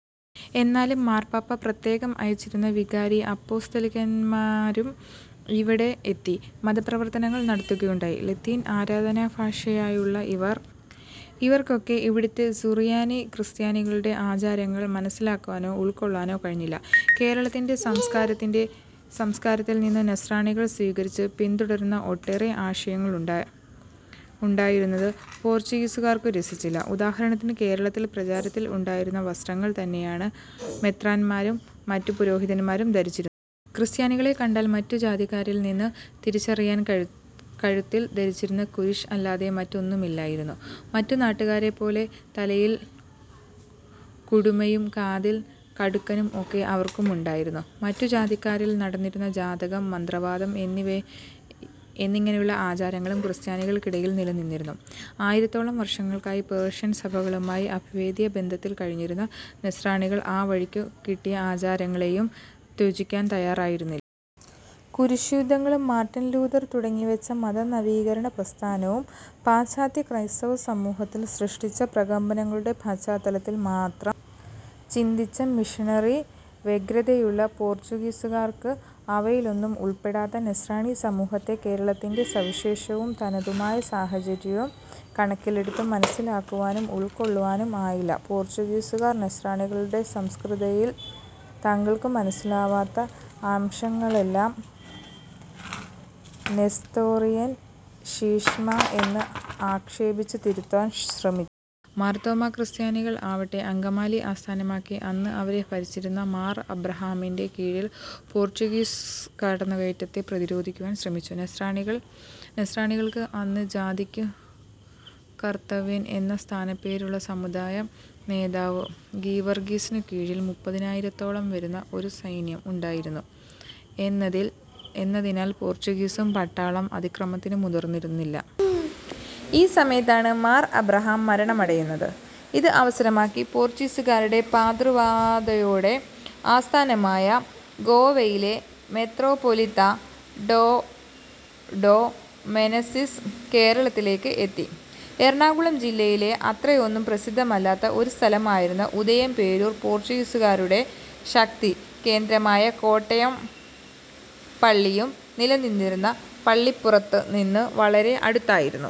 എന്നാലും മാർപാപ്പ പ്രത്യേകം അയച്ചിരുന്ന വികാരി അപ്പോസ്തലികന്മാരും ഇവിടെ എത്തി മത പ്രവർത്തനങ്ങൾ നടത്തുകയുണ്ടായി. ലത്തീൻ ആരാധനാ ഭാഷയായുള്ള ഇവർക്കൊക്കെ ഇവിടത്തെ സുറിയാനി ക്രിസ്ത്യാനികളുടെ ആചാരങ്ങൾ മനസ്സിലാക്കാനോ ഉൾകൊള്ളാനോ കഴിഞ്ഞില്ല. കേരളത്തിന്റെ സംസ്കാരത്തിൽ നിന്നു നസ്രാണികൾ സ്വീകരിച്ച് പിന്തുടർന്നിരുന്ന ഒട്ടേറെ അംശങ്ങളുണ്ടായിരുന്നത് പോർത്തുഗീസുകാർക്കു രസിച്ചില്ല. ഉദാഹരണത്തിന് കേരളത്തിൽ പ്രചാരത്തിൽ ഉണ്ടായിരുന്ന വസ്ത്രങ്ങൾ തന്നെയാണ് മെത്രാന്മാരും മറ്റു പുരോഹിതന്മാരും ധരിച്ചിരുന്നത്. ക്രിസ്ത്യാനികളെ കണ്ടാൽ മറ്റു ജാതിക്കാരിൽ നിന്ന് തിരിച്ചറിയാൻ, കഴുത്തിൽ ധരിച്ചിരുന്ന കുരിശ് അല്ലാതെ മറ്റൊന്നുമില്ലായിരുന്നു. മറ്റു നാട്ടുകാരെപ്പോലെ പോലെ തലയിൽ കുടുമയും കാതിൽ കടുക്കനും ഒക്കെ അവർക്കുമുണ്ടായിരുന്നു. മറ്റു ജാതിക്കാരിൽ നടന്നിരുന്ന ജാതകം, മന്ത്രവാദം എന്നിങ്ങനെയുള്ള ആചാരങ്ങളും ക്രിസ്ത്യാനികൾക്കിടയിൽ നിലനിന്നിരുന്നു. ആയിരത്തോളം വർഷങ്ങളായി പേർഷ്യൻ സഭകളുമായി അഭേദ്യമായി ബന്ധത്തിൽ കഴിഞ്ഞിരുന്ന നസ്രാണികൾ ആ വഴിക്കു കിട്ടിയ ആചാരങ്ങളെയും ത്യജിക്കാൻ തയ്യാറായിരുന്നില്ല. കുരിശുയുദ്ധങ്ങളും മാർട്ടിൻ ലൂഥർ തുടങ്ങിവച്ച മത നവീകരണം പ്രസ്ഥാനവും പാശ്ചാത്യ ക്രൈസ്തവ സമൂഹത്തിൽ സൃഷ്ടിച്ച പ്രകമ്പനങ്ങളുടെ പശ്ചാത്തലത്തിൽ മാത്രം ചിന്തിച്ച മിഷണറി വ്യഗ്രതയുള്ള പോർത്തുഗീസുകാർക്കു അവയിലൊന്നും ഉൾപ്പെടാത്ത നസ്രാണി സമൂഹത്തെ കേരളത്തിന്റെ സവിശേഷവും തനതുമായ സാഹചര്യം കണക്കിലെടുത്ത് മനസ്സിലാക്കുവാനും ഉൾക്കൊള്ളുവാനും ആയില്ല. പോർട്ടുഗീസുകാർ നസ്രാണികളുടെ സംസ്കൃതിയിൽ തങ്ങൾക്കു മനസ്സിലാക്കാനാവാത്ത അംശങ്ങളെയെല്ലാം നെസ്തോറിയൻ ശീശ്മ എന്ന് ആക്ഷേപിച്ച് തിരുത്താൻ ശ്രമിച്ചു. മാർത്തോമ്മാ ക്രിസ്ത്യാനികൾ ആവട്ടെ അങ്കമാലി ആസ്ഥാനമാക്കി അന്ന് അവരെ ഭരിച്ചിരുന്ന മാർ അബ്രാഹാമിന്റെ കീഴിൽ പോർട്ടുഗീസ് കടന്നുകയറ്റത്തെ പ്രതിരോധിക്കുവാൻ ശ്രമിച്ചു. നസ്രാണികൾക്ക് അന്ന് ജാതിക്കു കർത്തവ്യൻ എന്ന സ്ഥാനപ്പേരുള്ള സമുദായ നേതാവു ഗീവർഗീസിനു കീഴിൽ മുപ്പതിനായിരത്തോളം വരുന്ന ഒരു സൈന്യം ഉണ്ടായിരുന്നു. ഇതിനാൽ പോർട്ടുഗീസ് പട്ടാളം അതിക്രമത്തിന് മുതിർന്നില്ല. ഈ സമയത്താണ് മാർ ആബ്രഹാം മരണമടയുന്നത്. ഇത് അവസരമാക്കി പോർട്ടുഗീസുകാരുടെ പാദ്രുവാദോയുടെ ആസ്ഥാനമായ ഗോവയിലെ മെത്രാപോലീത്ത ഡോം ഡോ. മെനസിസ് കേരളത്തിലേയ്ക്ക് എത്തി്. എറണാകുളം ജില്ലയിലെ അത്രയൊന്നും പ്രസിദ്ധമല്ലാത്ത ഒരു സ്ഥലമായിരുന്ന ഉദയംപേരൂർ പോർട്ടുഗീസുകാരുടേ ശക്തി കേന്ദ്രമായ കോട്ടയും പള്ളികളും നിലനിന്നിരുന്ന പള്ളിപ്പുറത്തു നിന്ന് വളരെ അടുത്തായിരുന്നു.